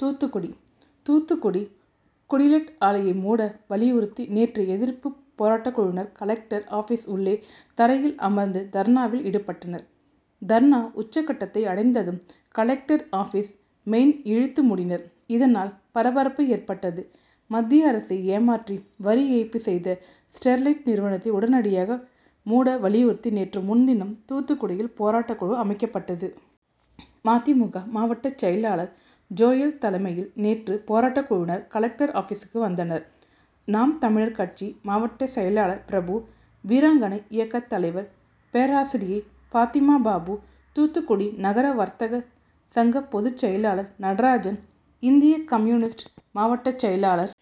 தூத்துக்குடி தூத்துக்குடி குல்லட் ஆலையை மூட வலியுறுத்தி நேற்று எதிர்ப்பு பேரா ட்டக்குழுவினர் கலெக்டர் ஆபிஸ் உள்ளே தரையில் அமர்ந்து தர்ணாவில் ஈடுபட்டனர். தர்ணா உச்சகட்டத்தை அடைந்ததும் கலெ க்டர் ஆபிஸ் மெயின் இழுத்து மூடினர். இதனால் பரபரப்பு ஏற்பட்டது. மத்திய அரசை ஏமாற்றி வரிஏய்ப்பு செய்த ஸ்டெ ர்லைட் நிறுவனத்தை உடனடியாக மூட வலியுறுத்தி நேற்று முன்தினம் தூத்துக்குடியில் போராட்டக்குழு அமைக்கப்பட்டது. மதிமுக மாவட்ட செயலாளர் ஜோயல் தலைமையில் நேற்று போராட்டக்குழுவினர் கலெக்டர் ஆபிசிற் கு வந்தனர். நாம் தமிழர் கட்சி மாவட்ட செயலாளர் பிரபு, வீராங்கனை இயக்கத் தலைவர் பேராசிரியை பாத்திமாபாபு, தூத்துக்குடி நகர வர்த்தக சங்க பொதுச் செயலாளர் நடராஜன், இந்திய கம்யு., மாவட்ட செயலாளர்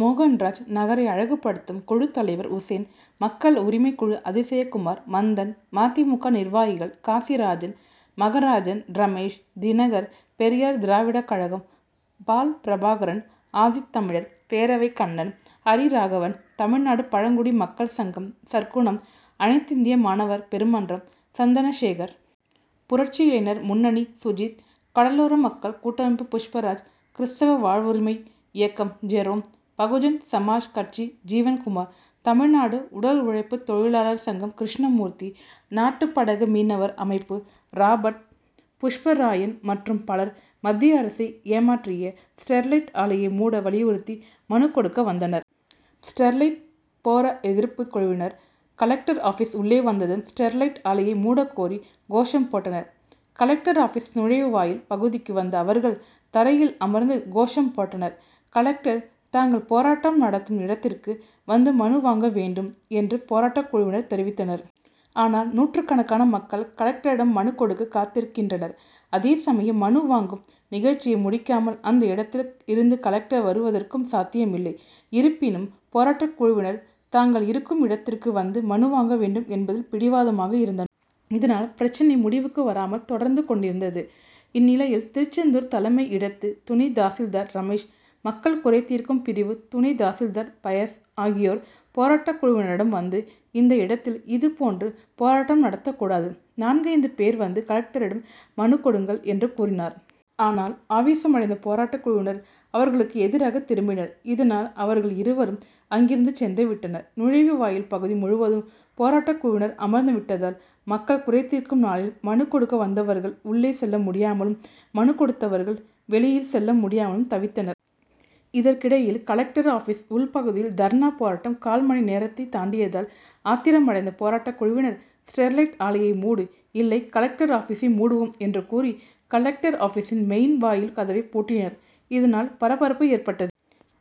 மோகன்ராஜ், நகரை அழகுபடுத்தும் குழு தலைவர் உசேன், மக்கள் உரிமைக்கு ழு அதிசயகுமார், மந்தன், மதிமுக நிர்வாகிகள் காசிராஜன், மகராஜன், ரமேஷ், தினகர், பெரியார் திராவிட கழகம் பால்பிரபாகரன், ஆதித்தமிழர் பேரவை கண்ணன், ஹரிராகவன், தமிழ்நாடு பழங்குடி மக்கள் சங்கம் சற்குணம், அனைத்திந்திய மாணவர் பெருமன்றம் சந்தனசேகர், புரட்சி இளைஞர் முன்ன ணி சுஜித், கடலோர மக்கள் கூட்டமைப்பு புஷ்பராஜ், கிறிஸ்தவ வாழ்வுரிமை இய க்கம் ஜெரோம், பகுஜன் சமாஜ் கட்சி ஜீவன்குமார், தமிழ்நாடு உடல் உழைப்பு தொழிலாளர் சங்கம் கிருஷ்ணமூர்த்தி, நாட்டு படகு மீனவர் அமைப்பு ராபர்ட், புஷ்பராயன் மற்றும் பலர் மத்திய அரசை ஏமாற்றிய ஸ் டெர்லைட் ஆலையை மூ ட வலியுறுத்தி மனுக் கொ டுக்க வந்தனர். ஸ்டெர்லைட் போர எதிர்ப்பு குழுவினர் கலெக்டர் ஆபிஸ் உள்ளே வந்ததும் ஸ்டெர்லைட் ஆலையை மூடக்கோரி கோஷம்போட்டனர். கலெ க்டர் ஆபிஸ் நுழைவு வா யில் பகுதிக்கு வந்த அவர்கள் தரையில் அமர்ந்து கோ ஷம் போட்டனர். கலெக்டர் தாங்கள் போராட்டம் நடத்தும் இடத்திற்கு வந்து மனு வாங்க வேண்டும் என் று போராட்ட குழுவினர் தெரிவித்தனர். ஆனால் நூற்றுக்கணக்கான மக்கள் கலெ க்டரிடம் மனுக் கொடுக்க காத்திருக்கின்றனர். அதே சமயம் மனு வாங்கும் நிக ழ்ச்சியை முடிக்காமல் அந்த இடத்தில் இருந்து கலெக்டர் வருவதற்கும் சாத்தியமி ல்லை. இருப்பினும் போ ராட்டக்குழுவினர் தாங்கள் இருக்கும் இடத்திற்கு வந்து மனுவாங்க வேண்டும் என்பதில் பிடிவாதமாக இருந்தனர். இதனால் பிரச்னை மு டிவுக்கு வராமல் தொடர்ந்து கொண்டிருந்தது. இந் நிலையில் திருச்செந்தூர் தலைமை இடத்து துணை தாசில்தார் ரமேஷ், மக்கள் குறைதீர்க்கும் பிரிவு துணை தாசில்தார் பயஸ் ஆகியோர் போராட்டக்குழவினரிடம் வந்து இந்த இட த்தில் இதுபோன்று போ ராட்டம் நடத்த கூடாது. நான்கைந்து பேர் வந்து கலெக்டரிடம் மனுக் கெ என்று கூறினர். ஆனால் ஆவேசமடைந்த போராட்டக்குழுவினர் அவ ர்களுக்கு எதிராக திரும்பினர். இதனால் அவர்கள் இ ருவரும் அங்கிருந்து சென்று விட்டனர். நுழைவு வாயில் பகுதி முழுவதும் போராட்டக்குழுவினர் அமர்ந்து விட்டதால் மக்கள் குறைதீர்க்குள் நாளில் மனுக் கொடுக்க வந்தவர்கள் உள்ளே செல்ல முடியாமலும், மனுக் கொ டுத்தவர்கள் வெளியில் செ ல்ல முடியாமலும் தவித்தனர். இதற்கிடையில் கலெக்டர் ஆபிஸ் உள் பகுதியில் தர்ணா போராட்டம் கால் மணி நேரத்தை தாண்டியதால் ஆத்திரமடைந்த போ ராட்டக்குழுவினர் ஸ்டெர்லைட் ஆலையை மூடு, இல்லை கலெக்டர் ஆபி சை மூடுவோம் என்று கூறி, கலெக்டர் ஆபிசின் மெ யின் வாயில் கதவை பூட்டினர். இதனால் பரபரப்பு ஏற்பட்டது.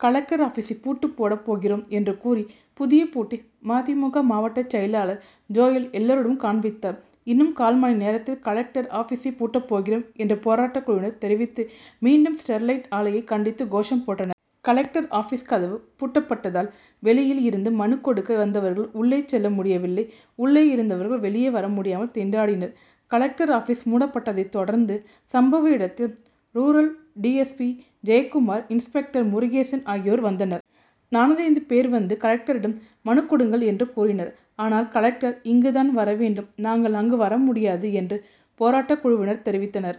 கலெக்டர் ஆபிசை பூட்டு போடப் போகிறோம் என்று கூறி புதிய பூட்டை மதிமுக மாவட்ட செயலாளர் ஜோயல் எல்லோரிடம் காண்பித்தார். இன்னும் கால் மணி நேரத்தில் கலெக்டர் ஆபிசை பூட்டப் போகிறோம் என்று போராட்டக்குழுவினர் தெரிவித்து மீண்டும் ஸ்டெர்லைட் ஆ லையை கண்டித்து கோஷம் போட்டனர். கலெக்டர் ஆபி ஸ் கதவு பூட்டப்பட்டதால் வெளியில் இருந்து மனுக் கொடுக்க வந்தவர்கள் உள் ளே செல்ல முடியவில்லை. உள்ளே இருந்தவர்கள் வெ ளியே வர முடியாமல் திண்டாடினர். கலெக்டர் ஆபிஸ் மூடப்பட்டதை தொடர்ந்து சம்பவ இடத்தில் rural D. S. P Jayakumar, inspector Murugesan ஆகியோர் வந்தனர். நான்கைந்து பேர் வந்து கலெக்டரிடம் மனுக் கொடுங்கள் என்று கூறினார். ஆனால் கலெக்டர் இங்கு தான் வரவேண்டும். நாங்கள் அங்கு வரமுடியாது என்று போராட்டக்குழுவினர் தெரிவித்தனர்.